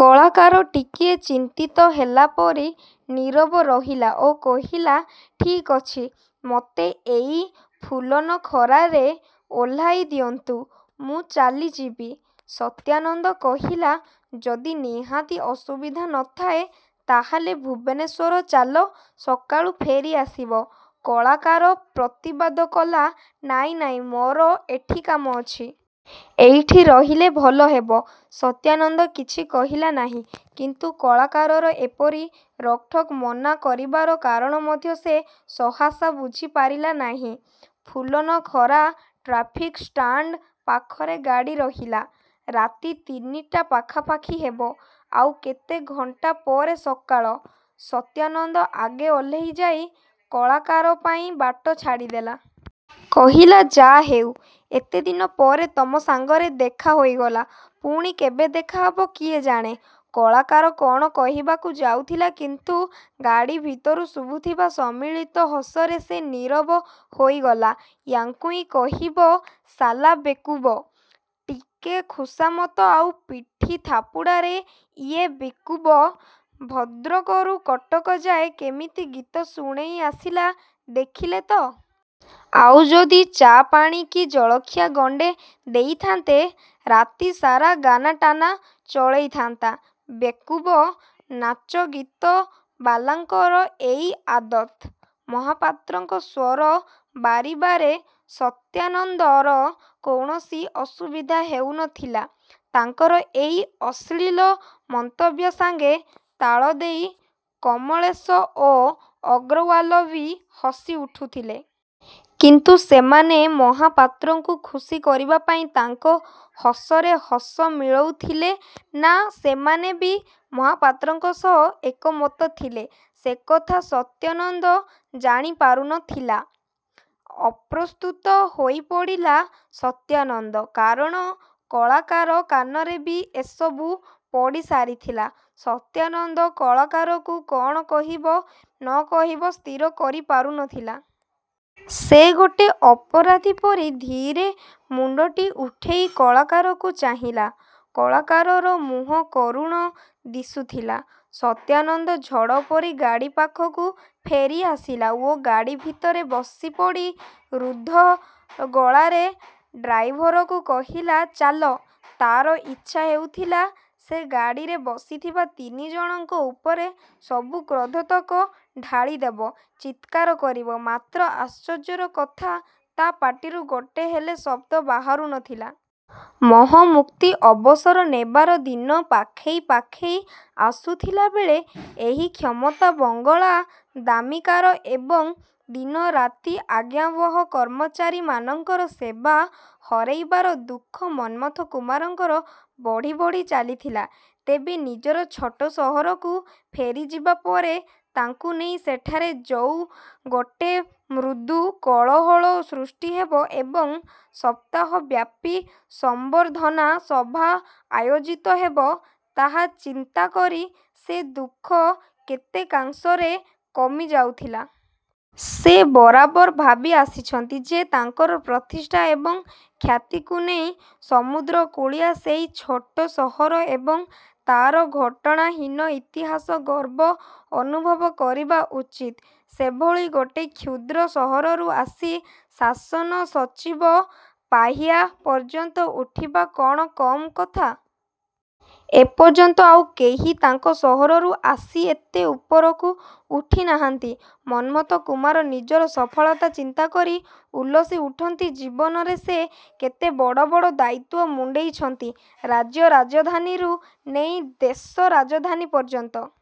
କଳାକାର ଟିକିଏ ଚିନ୍ତିତ ହେଲାପରି ନିରବ ରହିଲା ଓ କହିଲା, "ଠିକ୍ ଅଛି। ମୋତେ ଏଇ ଫୁଲନଖରାରେ ଓହ୍ଲାଇ ଦିଅନ୍ତୁ। ମୁଁ ଚାଲିଯିବି।"ସତ୍ୟାନନ୍ଦ କହିଲା, "ଯଦି ନିହାତି ଅସୁବିଧା ନ ଥାଏ, ତାହେଲେ ଭୁବନେଶ୍ୱର ଚାଲ, ସକାଳୁ ଫେରିଆସିବ।"କଳାକାର ପ୍ରତିବାଦ କଲା, "ନାଇଁ, ନାଇଁ, ମୋର ଏଠି କାମ ଅଛି। ଏଇଠି ରହିଲେ ଭଲହେବ।"ସତ୍ୟାନନ୍ଦ କିଛି କହିଲା ନାହିଁ। କିନ୍ତୁ କଳାକାରର ଏପରି ରୋକଠୋକ୍ ମନା କରିବାର କାରଣ ମଧ୍ୟ ସେ ସହାସା ବୁଝିପାରିଲା ନାହିଁ। ଫୁଲନଖରା ଟ୍ରାଫିକ-ଷ୍ଟାଣ୍ଡ ପାଖରେ ଗାଡ଼ି ରହିଲା। ରାତି ତିନିଟା ପାଖାପାଖି ହେବ। ଆଉ କେତେଘଣ୍ଟା ପରେ ସକାଳ। ସତ୍ୟାନନ୍ଦ ଆଗେ ଓହ୍ଲେଇ ଯାଇ କଳାକାର ପାଇଁ ବାଟ ଛାଡ଼ିଦେଲା। କହିଲା, "ଯା' ହେଉ, ଏତେଦିନ ପରେ ତମ ସାଙ୍ଗରେ ଦେଖା ହୋଇଗଲା। ପୁଣି କେବେ ଦେଖା ହେବ କିଏ ଜାଣେ।"କଳାକାର କଣ କହିବାକୁ ଯାଉଥିଲା, କିନ୍ତୁ ଗାଡ଼ି ଭିତରୁ ଶୁଭୁଥିବା ସମ୍ମିଳିତ ହସରେ ସେ ନିରବ ହୋଇଗଲା।"ୟାଙ୍କୁଇ କହିବ ଶାଲା ବେକୁବ। ଟିକେ ଖୁସାମତ ଆଉ ପିଠି ଥାପୁଡ଼ାରେ ଇଏ ବେକୁବ ଭଦ୍ରକରୁ କଟକ ଯାଏ କେମିତି ଗୀତ ଶୁଣେଇ ଆସିଲା ଦେଖିଲେ ତ! ଆଉ ଯଦି ଚା' ପାଣି କି ଜଳଖିଆ ଗଣ୍ଡେ ଦେଇଥାନ୍ତେ ରାତିସାରା ଗାନାଟାନା ଚଳେଇଥାନ୍ତା। ବେକୁବ ନାଚଗୀତ ବାଲାଙ୍କର ଏଇ ଆଦତ୍!"ମହାପାତ୍ରଙ୍କ ସ୍ୱର ବାରିବାରେ ସତ୍ୟାନନ୍ଦର କୌଣସି ଅସୁବିଧା ହେଉ ନଥିଲା। ତାଙ୍କର ଏଇ ଅଶ୍ଳୀଳ ମନ୍ତବ୍ୟ ସାଙ୍ଗେ ତାଳଦେଇ କମଳେଶ ଓ ଅଗ୍ରୱାଲ ବି ହସି ଉଠୁଥିଲେ। କିନ୍ତୁ ସେମାନେ ମହାପାତ୍ରଙ୍କୁ ଖୁସି କରିବା ପାଇଁ ତାଙ୍କ ହସରେ ହସ ମିଳଉଥିଲେ ନା ସେମାନେ ବି ମହାପାତ୍ରଙ୍କ ସହ ଏକମତ ଥିଲେ ସେକଥା ସତ୍ୟାନନ୍ଦ ଜାଣିପାରୁ ନଥିଲା। ଅପ୍ରସ୍ତୁତ ହୋଇପଡ଼ିଲା ସତ୍ୟାନନ୍ଦ, କାରଣ କଳାକାର କାନରେ ବି ଏସବୁ ପଡ଼ିସାରିଥିଲା। ସତ୍ୟାନନ୍ଦ କଳାକାରକୁ କଣ କହିବ ନ କହିବ ସ୍ଥିର କରିପାରୁ ନଥିଲା। ସେ ଗୋଟେ ଅପରାଧୀ ପରି ଧୀରେ ମୁଣ୍ଡଟି ଉଠେଇ କଳାକାରକୁ ଚାହିଁଲା। କଳାକାରର ମୁହଁ କରୁଣ ଦିଶୁଥିଲା। ସତ୍ୟାନନ୍ଦ ଝଡ଼ ପରି ଗାଡ଼ି ପାଖକୁ ଫେରିଆସିଲା ଓ ଗାଡ଼ି ଭିତରେ ବସିପଡ଼ି ରୁଦ୍ଧ ଗଳାରେ ଡ୍ରାଇଭରକୁ କହିଲା, "ଚାଲ।" ତାର ଇଚ୍ଛା ହେଉଥିଲା, ସେ ଗାଡ଼ିରେ ବସିଥିବା ତିନିଜଣଙ୍କ ଉପରେ ସବୁ କ୍ରୋଧତକ ଢାଳିଦେବ, ଚିତ୍କାର କରିବ ମାତ୍ର ଆଶ୍ଚର୍ଯ୍ୟର କଥା, ତା ପାଟିରୁ ଗୋଟେ ହେଲେ ଶବ୍ଦ ବାହାରୁ ନଥିଲା। ମୋହମୁକ୍ତି ଅବସର ନେବାର ଦିନ ପାଖେଇ ପାଖେଇ ଆସୁଥିଲାବେଳେ ଏହି କ୍ଷମତା, ବଙ୍ଗଳା, ଦାମୀ କାର ଏବଂ ଦିନରାତି ଆଜ୍ଞାବହ କର୍ମଚାରୀମାନଙ୍କର ସେବା ହରେଇବାର ଦୁଃଖ ମନ୍ମଥ କୁମାରଙ୍କର ବଢ଼ି ବଢ଼ି ଚାଲିଥିଲା। ତେବେ ନିଜର ଛୋଟ ସହରକୁ ଫେରିଯିବା ପରେ ତାଙ୍କୁ ନେଇ ସେଠାରେ ଯୋଉ ଗୋଟେ ମୃଦୁ କୋଳାହଳ ସୃଷ୍ଟି ହେବ ଏବଂ ସପ୍ତାହବ୍ୟାପି ସମ୍ବର୍ଦ୍ଧନା ସଭା ଆୟୋଜିତ ହେବ, ତାହା ଚିନ୍ତାକରି ସେ ଦୁଃଖ କେତେକାଂଶରେ କମି ଯାଉଥିଲା। ସେ ବରାବର ଭାବି ଆସିଛନ୍ତି ଯେ ତାଙ୍କର ପ୍ରତିଷ୍ଠା ଏବଂ ଖ୍ୟାତିକୁ ନେଇ ସମୁଦ୍ରକୂଳିଆ ସେଇ ଛୋଟ ସହର ଏବଂ ତାର ଘଟଣାହୀନ ଇତିହାସ ଗର୍ବ ଅନୁଭବ କରିବା ଉଚିତ। ସେଭଳି ଗୋଟେ କ୍ଷୁଦ୍ର ସହରରୁ ଆସି ଶାସନସଚିବ ପାହ୍ୟା ପର୍ଯ୍ୟନ୍ତ ଉଠିବା କଣ କମ୍ କଥା! ଏପର୍ଯ୍ୟନ୍ତ ଆଉ କେହି ତାଙ୍କ ସହରରୁ ଆସି ଏତେ ଉପରକୁ ଉଠି ନାହାନ୍ତି। ମନ୍ମଥ କୁମାର ନିଜର ସଫଳତା ଚିନ୍ତା କରି ଉଲ୍ଲସି ଉଠନ୍ତି। ଜୀବନରେ ସେ କେତେ ବଡ଼ ବଡ଼ ଦାୟିତ୍ୱ ମୁଣ୍ଡେଇଛନ୍ତି। ରାଜ୍ୟ ରାଜଧାନୀରୁ ନେଇ ଦେଶ ରାଜଧାନୀ ପର୍ଯ୍ୟନ୍ତ।